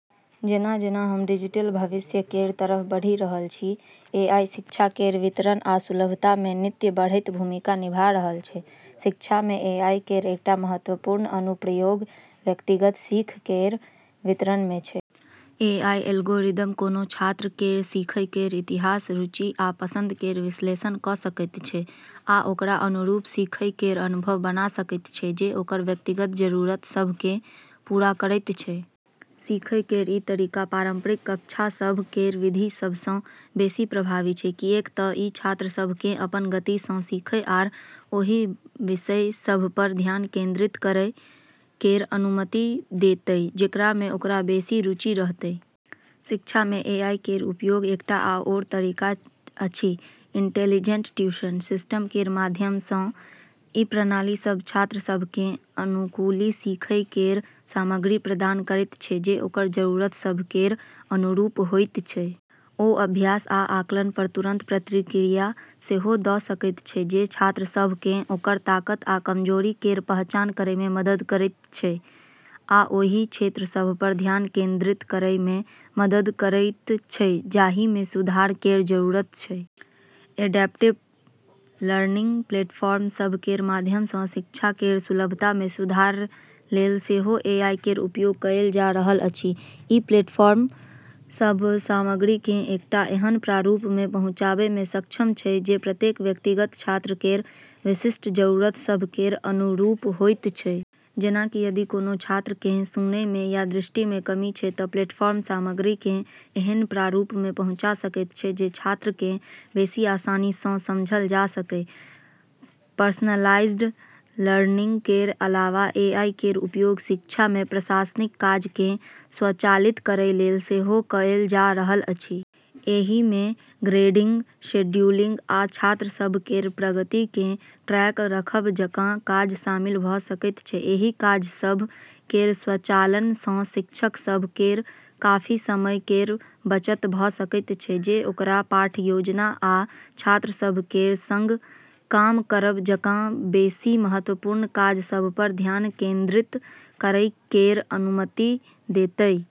जेना-जेना हम डिजिटल भविष्य केर तरफ बढ़ि रहल छी, एआई शिक्षा केर वितरण आ सुलभता मे नित्य बढ़ैत भूमिका निभा रहल छै। शिक्षा मे एआई केर एकटा महत्वपूर्ण अनुप्रयोग व्यक्तिगत सीख केर वितरण मे छै। एआई एल्गोरिदम कोनो छात्र केर सीखै केर इतिहास, रुचि आ पसंद केर विश्लेषण कऽ सकैत छै आ ओकरा अनुरूप सीखै केर अनुभव बना सकैत छै जे ओकर व्यक्तिगत जरूरत सभ केँ पूरा करैत छै। सीखै केर ई तरीका पारंपरिक कक्षा सभ केर विधि सभ सँ बेसी प्रभावी छै, किऐक त ई छात्र सभ केँ अपन गति सँ सीखै आ ओहि विषय सभ पर ध्यान केंद्रित करै केर अनुमति देतै जेकरा मे ओकरा बेसी रुचि रहतै। शिक्षा मे एआई केर उपयोग एकटा आओर तरीका अछि इंटेलिजेंट ट्यूशन सिस्टम केर माध्यम सँ। ई प्रणाली सभ छात्र सभ केँ अनुकूली सीखै केर सामग्री प्रदान करैत छै जे ओकर जरूरत सभ केर अनुरूप होइत छै। ओ अभ्यास आ आकलन पर तुरंत प्रतिक्रिया सेहो दऽ सकैत छै, जे छात्र सभ केँ ओकर ताकत आ कमजोरी केर पहचान करै मे मदद करैत छै आ ओहि क्षेत्र सभ पर ध्यान केंद्रित करै मे मदद करैत छै जाहि मे सुधार केर जरूरत छै। एडैप्टिव लर्निंग प्लेटफॉर्म सभ केर माध्यम सँ शिक्षा केर सुलभता मे सुधार लेल सेहो एआई केर उपयोग कएल जा रहल अछि। ई प्लेटफॉर्म सभ सामग्री केँ एकटा एहन प्रारूप मे पहुँचाबै मे सक्षम छै जे प्रत्येक व्यक्तिगत छात्र केर विशिष्ट जरूरत सभ केर अनुरूप होइत छै। जेना कि यदि कोनो छात्र केँ सुनै मे या दृष्टि मे कमी छै, त प्लेटफॉर्म सामग्री केँ एहन प्रारूप मे पहुँचा सकैत छै जे छात्र केँ बेसी आसानी सँ समझल जा सकै। पर्सनलाइज्ड लर्निंग केर अलावा एआई केर उपयोग शिक्षा मे प्रशासनिक काज केँ स्वचालित करै लेल सेहो कएल जा रहल अछि। एहि मे ग्रेडिंग, शेड्यूलिंग, आ छात्र सभ केर प्रगति केँ ट्रैक रखब जकाँ काज शामिल भऽ सकैत छै। एहि काज सभ केर स्वचालन सँ शिक्षक सभ केर काफी समय केर बचत भऽ सकैत छै, जे ओकरा पाठ योजना आ छात्र सभ केर संग काम करब जकाँ बेसी महत्वपूर्ण काज सभ पर ध्यान केंद्रित करै केर अनुमति देतै।